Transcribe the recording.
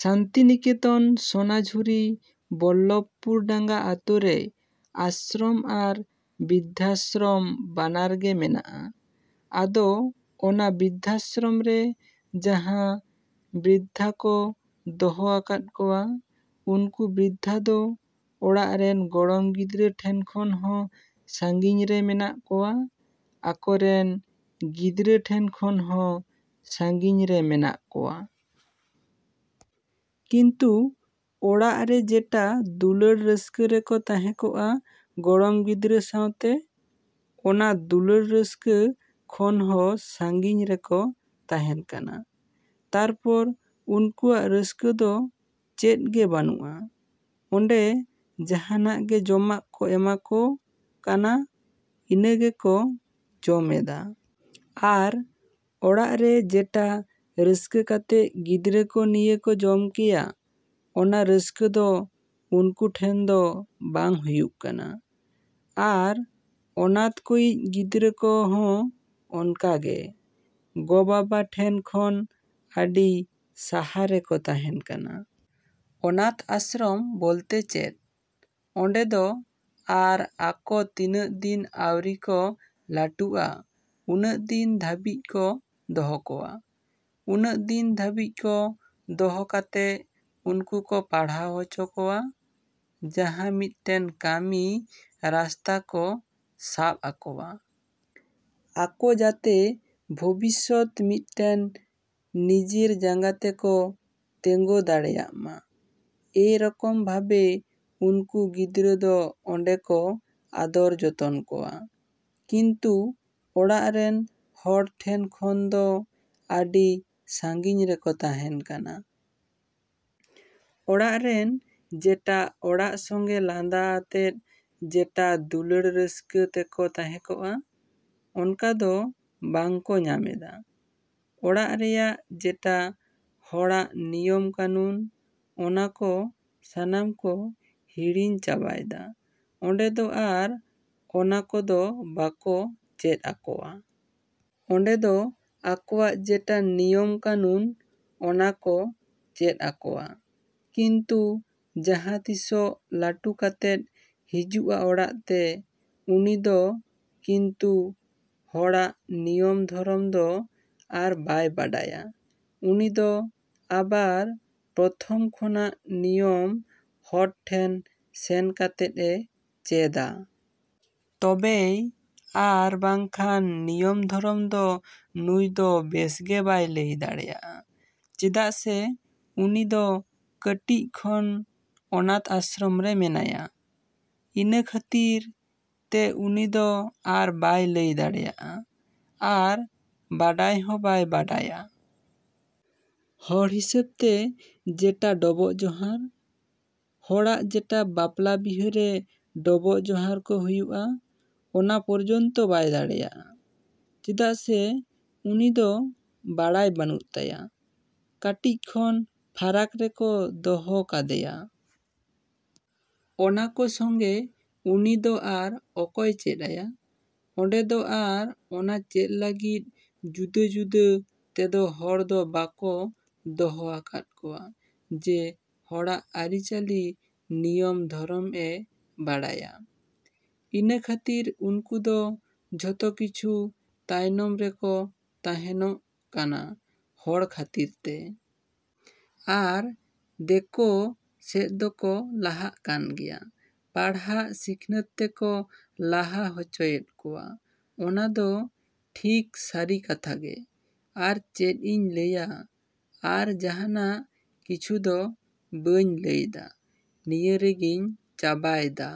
‎ᱥᱟᱱᱛᱤᱱᱤᱠᱮᱛᱚᱱ ᱥᱚᱱᱟᱡᱷᱩᱨᱤ ᱵᱚᱞᱞᱚᱵᱽᱯᱩᱨ ᱰᱟᱝᱜᱟ ᱟᱛᱳ ᱨᱮ ᱟᱥᱨᱚᱢ ᱟᱨ ᱵᱨᱤᱫᱽᱫᱷᱟᱥᱨᱚᱢ ᱵᱟᱱᱟᱨ ᱜᱮ ᱢᱮᱱᱟᱜᱼᱟ᱾ ᱟᱫᱚ ᱚᱱᱟ ᱵᱨᱤᱫᱽᱫᱷᱟᱥᱨᱚᱢ ᱨᱮ ᱡᱟᱦᱟᱸ ᱵᱨᱤᱫᱽᱫᱷᱟ ᱠᱚ ᱫᱚᱦᱚ ᱟᱠᱟᱫ ᱠᱚᱣᱟ, ᱩᱱᱠᱩ ᱵᱨᱤᱫᱽᱫᱷᱟ ᱫᱚ ᱚᱲᱟᱜ ᱨᱮᱱ ᱜᱚᱲᱚᱢ ᱜᱤᱫᱽᱨᱟᱹ ᱴᱷᱮᱱ ᱠᱷᱚᱱ ᱦᱚᱸ ᱥᱟᱹᱜᱤᱧ ᱨᱮ ᱢᱮᱱᱟᱜ ᱠᱚᱣᱟ, ᱟᱠᱚ ᱨᱮᱱ ᱜᱤᱫᱽᱨᱟᱹ ᱴᱷᱮᱱ ᱠᱷᱚᱱ ᱦᱚᱸ ᱥᱟᱹᱜᱤᱧ ᱨᱮ ᱢᱮᱱᱟᱜ ᱠᱚᱣᱟ᱾ ᱠᱤᱱᱛᱩ ᱚᱲᱟᱜ ᱨᱮ ᱡᱮᱴᱟ ᱫᱩᱞᱟᱹᱲ ᱨᱟᱹᱥᱠᱟᱹ ᱨᱮᱠᱚ ᱛᱟᱦᱮᱸ ᱠᱚᱜᱼᱟ ᱜᱚᱲᱚᱢ ᱜᱤᱫᱽᱨᱟᱹ ᱥᱟᱶᱛᱮ, ᱚᱱᱟ ᱫᱩᱞᱟᱹᱲ ᱨᱟᱹᱥᱠᱟᱹ ᱠᱷᱚᱱ ᱦᱚᱸ ᱥᱟᱹᱜᱤᱧ ᱨᱮᱠᱚ ᱛᱟᱦᱮᱱ ᱠᱟᱱᱟ᱾ ᱛᱟᱨᱯᱚᱨ ᱩᱱᱠᱩᱣᱟᱜ ᱨᱟᱹᱥᱠᱟᱹ ᱫᱚ ᱪᱮᱫ ᱜᱮ ᱵᱟᱹᱱᱩᱜᱼᱟ᱾ ᱚᱸᱰᱮ ᱡᱟᱦᱟᱱᱟᱜ ᱜᱮ ᱡᱚᱢᱟᱜ ᱠᱚ ᱮᱢᱟ ᱠᱚ ᱠᱟᱱᱟ, ᱤᱱᱟᱹ ᱜᱮᱠᱚ ᱡᱚᱢᱮᱫᱟ᱾ ᱟᱨ ᱚᱲᱟᱜ ᱨᱮ ᱡᱮᱴᱟ ᱨᱟᱹᱥᱠᱟᱹ ᱠᱟᱛᱮ ᱜᱤᱫᱽᱨᱟᱹ ᱠᱚ ᱱᱤᱭᱟᱹ ᱠᱚ ᱡᱚᱢ ᱠᱮᱭᱟ, ᱚᱱᱟ ᱨᱟᱹᱥᱠᱟᱹ ᱫᱚ ᱩᱱᱠᱩ ᱴᱷᱮᱱ ᱫᱚ ᱵᱟᱝ ᱦᱩᱭᱩᱜ ᱠᱟᱱᱟ᱾ ᱟᱨ ᱚᱱᱟᱛᱷ ᱠᱚᱭᱤᱡ ᱜᱤᱫᱽᱨᱟᱹ ᱠᱚ ᱦᱚᱸ ᱚᱱᱠᱟ ᱜᱮ ᱜᱚᱼᱵᱟᱵᱟ ᱴᱷᱮᱱ ᱠᱷᱚᱱ ᱟᱹᱰᱤ ᱥᱟᱦᱟ ᱨᱮᱠᱚ ᱛᱟᱦᱮᱱ ᱠᱟᱱᱟ᱾ ᱚᱱᱟᱛᱷ ᱟᱥᱨᱚᱢ ᱵᱚᱞᱛᱮ ᱪᱮᱫ? ᱚᱸᱰᱮ ᱫᱚ ᱟᱨ ᱟᱠᱚ ᱛᱤᱱᱟᱹᱜ ᱫᱤᱱ ᱟᱹᱣᱨᱤ ᱠᱚ ᱞᱟᱹᱴᱩᱜᱼᱟ, ᱩᱱᱟᱹᱜ ᱫᱤᱱ ᱫᱷᱟᱹᱵᱤᱡ ᱠᱚ ᱫᱚᱦᱚ ᱠᱚᱣᱟ᱾ ᱩᱱᱟᱹᱜ ᱫᱤᱱ ᱫᱷᱟᱹᱵᱤᱡ ᱠᱚ ᱫᱚᱦᱚ ᱠᱟᱛᱮ ᱩᱱᱠᱩ ᱠᱚ ᱯᱟᱲᱦᱟᱣ ᱦᱚᱪᱚ ᱠᱚᱣᱟ, ᱡᱟᱦᱟᱸ ᱢᱤᱫᱴᱮᱱ ᱠᱟᱹᱢᱤ ᱨᱟᱥᱛᱟ ᱠᱚ ᱥᱟᱵ ᱟᱠᱚᱣᱟ᱾ ᱟᱠᱚ ᱡᱟᱛᱮ ᱵᱷᱚᱵᱤᱥᱚᱛ ᱢᱤᱫᱴᱮᱱ ᱱᱤᱡᱮᱨ ᱡᱟᱸᱜᱟ ᱛᱮ ᱠᱚ ᱛᱮᱜᱳ ᱫᱟᱲᱮᱭᱟᱜ ᱢᱟ᱾ ᱮᱭ ᱨᱚᱠᱚᱢ ᱵᱷᱟᱵᱮ ᱱᱩᱠᱩ ᱜᱤᱫᱽᱨᱟᱹ ᱫᱚ ᱚᱸᱰᱮ ᱠᱚ ᱟᱫᱚᱨ ᱡᱚᱛᱚᱱ ᱠᱚᱣᱟ᱾ ᱠᱤᱱᱛᱩ ᱚᱲᱟᱜ ᱨᱮᱱ ᱦᱚᱲ ᱴᱷᱮᱱ ᱠᱷᱚᱱ ᱫᱚ ᱟᱹᱰᱤ ᱥᱟᱹᱜᱤᱧ ᱨᱮᱠᱚ ᱛᱟᱦᱮᱱ ᱠᱟᱱᱟ᱾ ᱚᱲᱟᱜ ᱨᱮᱱ ᱡᱮᱴᱟ ᱚᱲᱟᱜ ᱥᱚᱝᱜᱮ ᱞᱟᱸᱫᱟ ᱟᱛᱮ ᱡᱮᱴᱟ ᱫᱩᱞᱟᱹᱲ ᱨᱟᱹᱥᱠᱟᱹ ᱛᱮᱠᱚ ᱛᱟᱦᱮᱸ ᱠᱚᱜᱼᱟ, ᱚᱱᱟ ᱫᱚ ᱵᱟᱝ ᱠᱚ ᱧᱟᱢᱮᱫᱟ᱾ ᱚᱲᱟᱜ ᱨᱮᱭᱟᱜ ᱡᱮᱴᱟ ᱦᱚᱲᱟᱜ ᱱᱤᱭᱚᱢ ᱠᱟᱹᱱᱩᱱ, ᱚᱱᱟ ᱠᱚ ᱥᱟᱱᱟᱢ ᱠᱚ ᱦᱤᱲᱤᱧ ᱪᱟᱵᱟᱭᱫᱟ᱾ ᱚᱸᱰᱮ ᱫᱚ ᱟᱨ ᱚᱱᱟ ᱠᱚᱫᱚ ᱵᱟᱠᱚ ᱪᱮᱫ ᱟᱠᱚᱣᱟ᱾ ᱚᱸᱰᱮ ᱫᱚ ᱟᱠᱚᱣᱟᱜ ᱡᱮᱴᱟ ᱱᱤᱭᱚᱢ ᱠᱟᱹᱱᱩᱱ, ᱚᱱᱟ ᱠᱚ ᱪᱮᱫ ᱟᱠᱚᱣᱟ᱾ ᱠᱤᱱᱛᱩ ᱡᱟᱦᱟᱸ ᱛᱤᱥᱚᱜ ᱞᱟᱹᱴᱩ ᱠᱟᱛᱮᱫ ᱦᱤᱡᱩᱜᱼᱟ ᱚᱲᱟᱜ ᱛᱮ, ᱩᱱᱤ ᱫᱚ ᱠᱤᱱᱛᱩ ᱦᱚᱲᱟᱜ ᱱᱤᱭᱚᱢ ᱫᱷᱚᱨᱚᱢ ᱫᱚ ᱟᱨ ᱵᱟᱭ ᱵᱟᱰᱟᱭᱟ᱾ ᱩᱱᱤ ᱫᱚ ᱟᱵᱟᱨ ᱯᱨᱚᱛᱷᱚᱢ ᱠᱷᱚᱱᱟᱜ ᱱᱤᱭᱚᱢ ᱦᱚᱲ ᱴᱷᱮᱱ ᱥᱮᱱ ᱠᱟᱛᱮᱫ ᱮ ᱪᱮᱫᱟ᱾ ᱛᱚᱵᱮᱭ ᱟᱨ ᱵᱟᱝᱠᱷᱟᱱ ᱱᱤᱭᱚᱢ ᱫᱷᱚᱨᱚᱢ ᱫᱚ ᱱᱩᱭ ᱫᱚ ᱵᱮᱥ ᱜᱮ ᱵᱟᱭ ᱞᱟᱹᱭ ᱫᱟᱲᱮᱭᱟᱜᱼᱟ᱾ ᱪᱮᱫᱟᱜ ᱥᱮ ᱩᱱᱤ ᱫᱚ ᱠᱟᱹᱴᱤᱡ ᱠᱷᱚᱱ ᱚᱱᱟᱛᱷ ᱟᱥᱨᱚᱢ ᱨᱮ ᱢᱮᱱᱟᱭᱟ᱾ ᱤᱱᱟᱹ ᱠᱷᱟᱹᱛᱤᱨ ᱛᱮ ᱩᱱᱤ ᱫᱚ ᱟᱨ ᱵᱟᱭ ᱞᱟᱹᱭ ᱫᱟᱲᱮᱭᱟᱜᱼᱟ ᱟᱨ ᱵᱟᱰᱟᱭ ᱦᱚᱸ ᱵᱟᱭ ᱵᱟᱰᱟᱭᱟ᱾ ᱦᱚᱲ ᱦᱤᱥᱟᱹᱵᱽ ᱛᱮ ᱡᱮᱴᱟ ᱰᱚᱵᱚᱜ ᱡᱚᱦᱟᱨ, ᱦᱚᱲᱟᱜ ᱡᱮᱴᱟ ᱵᱟᱯᱞᱟ ᱵᱤᱦᱟᱹ ᱨᱮ ᱰᱚᱵᱚᱜ ᱡᱚᱦᱟᱨ ᱠᱚ ᱦᱩᱭᱩᱜᱼᱟ, ᱚᱱᱟ ᱯᱚᱨᱡᱚᱱᱛᱚ ᱵᱟᱭ ᱫᱟᱲᱮᱭᱟᱜᱼᱟ᱾ ᱪᱮᱫᱟᱜ ᱥᱮ ᱩᱱᱤ ᱫᱚ ᱵᱟᱲᱟᱭ ᱵᱟᱹᱱᱩᱜ ᱛᱟᱭᱟ ᱾ ᱠᱟᱹᱴᱤᱡ ᱠᱷᱚᱱ ᱯᱷᱟᱨᱟᱠ ᱨᱮᱠᱚ ᱫᱚᱦᱚ ᱠᱟᱫᱮᱭᱟ᱾ ᱚᱱᱟ ᱠᱚ ᱥᱚᱝᱜᱮ ᱩᱱᱤ ᱫᱚ ᱟᱨ ᱚᱠᱚᱭ ᱪᱮᱫ ᱟᱭᱟ? ᱚᱸᱰᱮ ᱫᱚ ᱟᱨ ᱚᱱᱟ ᱪᱮᱫ ᱞᱟᱹᱜᱤᱫ ᱡᱩᱫᱟᱹ ᱡᱩᱫᱟᱹ ᱛᱮᱫᱚ ᱦᱚᱲ ᱫᱚ ᱵᱟᱠᱚ ᱫᱚᱦᱚ ᱟᱠᱟᱫ ᱠᱚᱣᱟ ᱡᱮ ᱦᱚᱲᱟᱜ ᱟᱹᱨᱤᱪᱟᱹᱞᱤ ᱱᱤᱭᱚᱢ ᱫᱷᱚᱨᱚᱢ ᱮ ᱵᱟᱲᱟᱭᱟ᱾ ᱤᱱᱟᱹ ᱠᱷᱟᱹᱛᱤᱨ ᱩᱱᱠᱩ ᱫᱚ ᱡᱷᱚᱛᱚ ᱠᱤᱪᱷᱩ ᱛᱟᱭᱱᱚᱢ ᱨᱮᱠᱚ ᱛᱟᱦᱮᱱᱚᱜ ᱠᱟᱱᱟ ᱦᱚᱲ ᱠᱷᱟᱹᱛᱤᱨ ᱛᱮ᱾ ᱟᱨ ᱫᱮᱠᱚ ᱥᱮᱫ ᱫᱚᱠᱚ ᱞᱟᱦᱟᱜ ᱠᱟᱱ ᱜᱮᱭᱟ᱾ ᱯᱟᱲᱦᱟᱣ ᱥᱤᱠᱷᱱᱟᱹᱛ ᱛᱮᱠᱚ ᱞᱟᱦᱟ ᱦᱚᱪᱚᱭᱮᱫ ᱠᱚᱣᱟ᱾ ᱚᱱᱟ ᱫᱚ ᱴᱷᱤᱠ ᱥᱟᱹᱨᱤ ᱠᱟᱛᱷᱟ ᱜᱮ᱾ ᱟᱨ ᱪᱮᱫ ᱤᱧ ᱞᱟᱹᱭᱟ, ᱟᱨ ᱡᱟᱦᱟᱱᱟᱜ ᱠᱤᱪᱷᱩ ᱫᱚ ᱵᱟᱹᱧ ᱞᱟᱹᱭᱫᱟ᱾ ᱱᱤᱭᱟᱹ ᱨᱮᱜᱮᱧ ᱪᱟᱵᱟᱭᱫᱟ᱾।